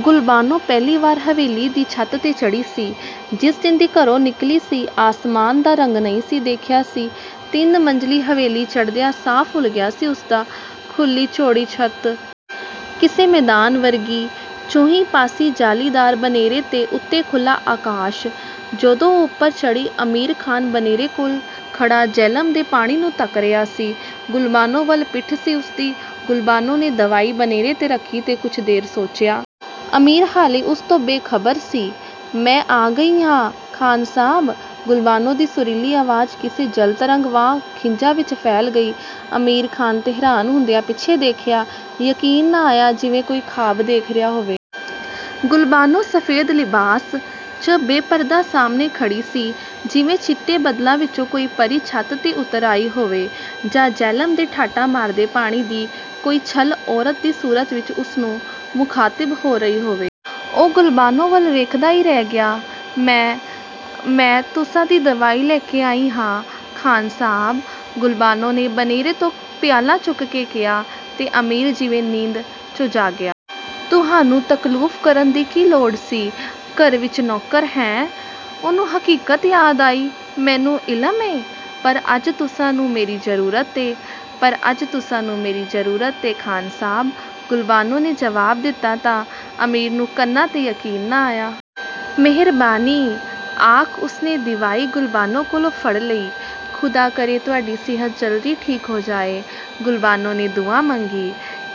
ਗੁਲਬਾਨੋ ਪਹਿਲੀ ਵਾਰ ਹਵੇਲੀ ਦੀ ਛੱਤ ਤੇ ਚੜ੍ਹੀ ਸੀ। ਜਿਸ ਦਿਨ ਦੀ ਘਰੋ ਨਿਕਲੀ ਸੀ, ਆਸਮਾਨ ਦਾ ਰੰਗ ਨਹੀ ਸੀ ਦੇਖਿਆ ਸੀ। ਤਿੰਨ ਮੰਜ਼ਲੀ ਹਵੇਲੀ ਚੜ੍ਹਦਿਆਂ ਸਾਹ ਫੁਲ ਗਿਆ ਸੀ ਉਸਦਾ। ਖੁੱਲ੍ਹੀ ਚੌੜੀ ਛੱਤ.. ਕਿਸੇ ਮੈਦਾਨ ਵਰਗੀ, ਚੌਂਹੀ ਪਾਸੀ ਜਾਲੀਦਾਰ ਬਨੇਰੇ ਤੇ ਉਤੇ ਖੁੱਲ੍ਹਾ ਆਕਾਸ਼। ਜਦੋਂ ਉਹ ਉਪਰ ਚੜ੍ਹੀ ਅਮੀਰ ਖਾਨ ਬਨੇਰੇ ਕੋਲ ਖੜ੍ਹਾ ਜਿਹਲਮ ਦੇ ਪਾਣੀ ਨੂੰ ਤੱਕ ਰਿਹਾ ਸੀ। ਗੁਲਬਾਨੋ ਵਲ ਪਿੱਠ ਸੀ ਉਸਦੀ। ਗੁਲਬਾਨੋ ਨੇ ਦਵਾਈ ਬਨੇਰੇ ਤੇ ਰੱਖੀ ਤੇ ਕੁਝ ਦੇਰ ਸੋਚਿਆ। ਅਮੀਰ ਹਾਲੇ ਵੀ ਉਸ ਤੋਂ ਬੇਖਬਰ ਸੀ। "ਮੈਂ ਆ ਗਈ ਹਾਂ ਖ਼ਾਨ ਸਾਹਬ "… ਗੁਲਬਾਨੋ ਦੀ ਸੁਰੀਲੀ ਆਵਾਜ਼ ਕਿਸੇ ਜਲਤਰੰਗ ਵਾਂਗ ਖਿਜ਼ਾ ਵਿੱਚ ਫੈਲ ਗਈ। ਅਮੀਰ ਖ਼ਾਨ ਨੇ ਹੈਰਾਨ ਹੁੰਦਿਆਂ ਪਿੱਛੇ ਦੇਖਿਆ, ਯਕੀਨ ਨਾ ਆਇਆ ਜਿਵੇਂ ਕੋਈ ਖ਼ਾਬ ਦੇਖ ਰਿਹਾ ਹੋਵੇ। ਗੁਲਬਾਨੋ ਸਫੇਦ ਲਿਬਾਸ, ਚ' ਬੇਪਰਦਾ ਸਾਹਮਣੇ ਖੜ੍ਹੀ ਸੀ। ਜਿਵੇ ਚਿੱਟੇ ਬੱਦਲਾਂ ਵਿਚੋਂ ਕੋਈ ਪਰੀ ਛੱਤ 'ਤੇ ਉਤਰ ਆਈ ਹੋਵੇ ਜਾਂ ਜਿਹਲਮ ਦੇ ਠਾਠਾਂ ਮਾਰਦੇ ਪਾਣੀ ਦੀ ਕੋਈ ਛੱਲ ਔਰਤ ਦੀ ਸੂਰਤ ਵਿੱਚ ਉਸਨੂੰ ਮੁਖ਼ਾਤਿਬ ਹੋ ਰਹੀ ਹੋਵੇ। ਉਹ ਗੁਲਬਾਨੋ ਵੱਲ ਵੇਖਦਾ ਹੀ ਰਹਿ ਗਿਆ। "ਮੈਂ… ਮੈਂ.. ਤੁਸਾਂ ਦੀ ਦਵਾਈ ਲੈ ਕੇ ਆਈ ਹਾਂ… ਖਾਨ ਸਾਹਬ "…… ਗੁਲਬਾਨੋ ਨੇ ਬਨੇਰੇ ਤੋਂ ਪਿਆਲਾ ਚੁੱਕ ਕੇ ਕਿਹਾ ਤੇ ਅਮੀਰ ਜਿਵੇਂ ਨੀਂਦ, ਚੋਂ ਜਾਗਿਆ। ਤੁਹਾਨੂੰ ਤਕੱਲੁਫ ਕਰਨ ਦੀ ਕੀ ਲੋੜ ਸੀ, ਘਰ ਵਿੱਚ ਨੌਕਰ ਹੈਨ ".. ਉਹਨੂੰ ਹਕੀਕਤ ਯਾਦ ਆਈ। "ਮੈਨੂੰ ਇਲਮ ਏਂ ".. ਪਰ ਅੱਜ ਤੁਸਾਂ ਨੂੰ ਮੇਰੀ ਜਰੂਰਤ ਏ..! ਪਰ ਅੱਜ ਤੁਸਾਂ ਨੂੰ ਮੇਰੀ ਜ਼ਰੂਰਤ ਏਂ ਖ਼ਾਨ ਸਾਹਬ"ਗੁਲਬਾਨੋ ਨੇ ਜਵਾਬ ਦਿਤਾ ਤਾਂ, ਅਮੀਰ ਨੂੰ ਕੰਨਾਂ ਤੇ ਯਕੀਨ ਨਾ ਆਇਆ। "ਮਿਹਰਬਾਨੀ "… ਆਖ ਉਸਨੇ ਦੀਵਾਈ ਗੁਲਬਾਨੋ ਕੋਲੋ ਫੜ ਲਈ। "ਖੁਦਾ ਕਰੇ ਤੁਹਾਡੀ ਸਿਹਤ ਜਲਦੀ ਠੀਕ ਹੋ ਜਾਏ".. ਗੁਲਬਾਨੋ ਨੇ ਦੁਆ ਮੰਗੀ।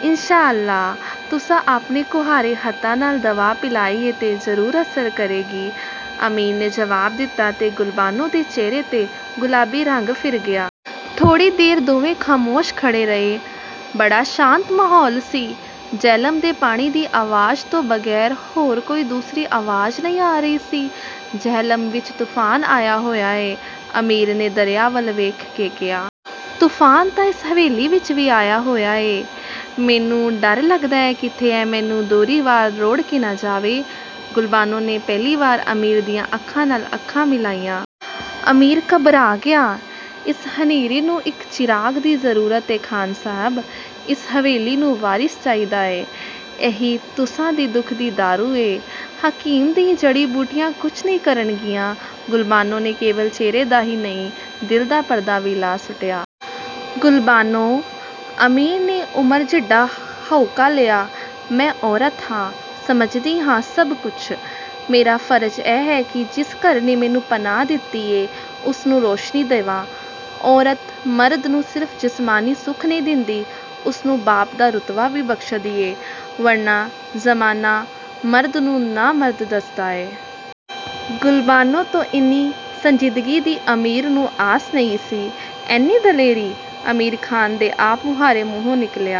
"ਇੰਸ਼ਾ ਅੱਲਾਹ! ਤੁਸਾਂ ਆਪਣੇ ਕੁਆਰੇ ਹੱਥਾਂ ਨਾਲ ਦਵਾ ਪਿਲਾਈ ਏਂ ਤਾਂ ਜਰੂਰ ਅਸਰ ਕਰੇਗੀ "… ਅਮੀਰ ਨੇ ਜਵਾਬ ਦਿਤਾ ਤੇ ਗੁਲਬਾਨੋ ਦੇ ਚਿਹਰੇ 'ਤੇ ਗੁਲਾਬੀ ਰੰਗ ਫਿਰ ਗਿਆ। ਥੋੜ੍ਹੀ ਦੇਰ ਦੋਵੇਂ ਖਾਮੋਸ਼ ਖੜ੍ਹੇ ਰਹੇ। ਬੜਾ ਸ਼ਾਤ ਮਾਹੌਲ ਸੀ। ਜਿਹਲਮ ਦੇ ਪਾਣੀ ਦੀ ਅਵਾਜ਼ ਤੋਂ ਬਗੈਰ ਹੋਰ ਕੋਈ ਦੂਸਰੀ ਆਵਾਜ਼ ਨਹੀ ਆ ਰਹੀ ਸੀ। "ਜੇਹਲਮ ਵਿੱਚ ਤੂਫਾਨ ਆਇਆ ਹੋਇਆ ਏ… "ਅਮੀਰ ਨੇ ਦਰਿਆ ਵੱਲ ਵੇਖ ਕੇ ਕਿਹਾ। "ਤੂਫਾਨ ਤਾਂ ਇਸ ਹਵੇਲੀ ਵਿੱਚ ਵੀ ਆਇਆ ਹੋਇਆ ਏ "… ਮੈਨੂੰ ਡਰ ਲੱਗਦਾ ਏ ਕਿਤੇ ਇਹ ਮੈਨੂੰ ਦੂਹਰੀ ਵਾਰ ਰੋੜ੍ਹ ਕੇ ਨਾ ਜਾਵੇ "… ਗੁਲਬਾਨੋ ਨੇ ਪਹਿਲੀ ਵਾਰ ਅਮੀਰ ਦੀਆ ਅੱਖਾਂ ਨਾਲ ਅੱਖਾਂ ਮਿਲਾਈਆਂ। ਅਮੀਰ ਘਬਰਾ ਗਿਆਂ "…. "ਇਸ ਹਨੇਰੇ ਨੂੰ ਇਕ ਚਿਰਾਗ ਦੀ ਜਰੂਰਤ ਏ ਖਾਨ ਸਾਹਿਬ..! ਇਸ ਹਵੇਲੀ ਨੂੰ ਵਾਰਿਸ ਚਾਹੀਦਾ ਏ….! ਇਹੀ ਤੁਸਾਂ ਦੇ ਦੁੱਖ ਦੀ ਦਾਰੂ ਏ "… ਹਕੀਮ ਦੀਆਂ ਜੜ੍ਹੀ-ਬੂਟੀਆਂ ਕੁਛ ਨਹੀ ਕਰਨਗੀਆਂ… ਗੁਲਬਾਨੋ ਨੇ ਕੇਵਲ ਚਿਹਰੇ ਦਾ ਹੀ ਨਹੀਂ, ਦਿਲ ਦਾ ਪਰਦਾ ਵੀ ਲਾਹ ਸੁੱਟਿਆ.. "ਗੁਲਬਾਨੋ "… ਅਮੀਰ ਨੇ ਉਮਰ ਜਿੱਡਾ ਹਾਉਕਾ ਲਿਆ…. "ਮੈਂ ਔਰਤ ਹਾਂ "… ਸਮਝਦੀ ਹਾਂ ਸੱਭ ਕੁਛ…. ਮੇਰਾ ਫਰਜ਼ ਏ ਕਿ ਜਿਸ ਘਰ ਨੇ ਮੈਨੂੰ ਪਨਾਹ ਦਿਤੀ ਏ ਉਸ ਨੂੰ ਰੋਸ਼ਨੀ ਦੇਵਾਂ… ਔਰਤ, ਮਰਦ ਨੂੰ ਸਿਰਫ ਜਿਸਮਾਨੀ ਸੁੱਖ ਨਹੀ ਦਿੰਦੀ, ਉਹਨੂੰ ਬਾਪ ਦਾ ਰੁਤਬਾ ਵੀ ਬਖਸ਼ਦੀ ਏ, ਵਰਨਾ ਜ਼ਮਾਨਾ ਮਰਦ ਨੂੰ "ਨ-ਮਰਦ"ਦੱਸਦਾ ਏ "!! ਗੁਲਬਾਨੋ ਤੋਂ ਇੰਨੀ ਸੰਜੀਦਗੀ ਦੀ ਅਮੀਰ ਨੂੰ ਆਸ ਨਹੀ ਸੀ। "ਏਨੀ ਦਲੇਰੀ "!!! ਅਮੀਰ ਖ਼ਾਨ ਦੇ ਆਪ ਮੁਹਾਰੇ ਮੂੰਹੋਂ ਨਿਕਲਿਆਂ…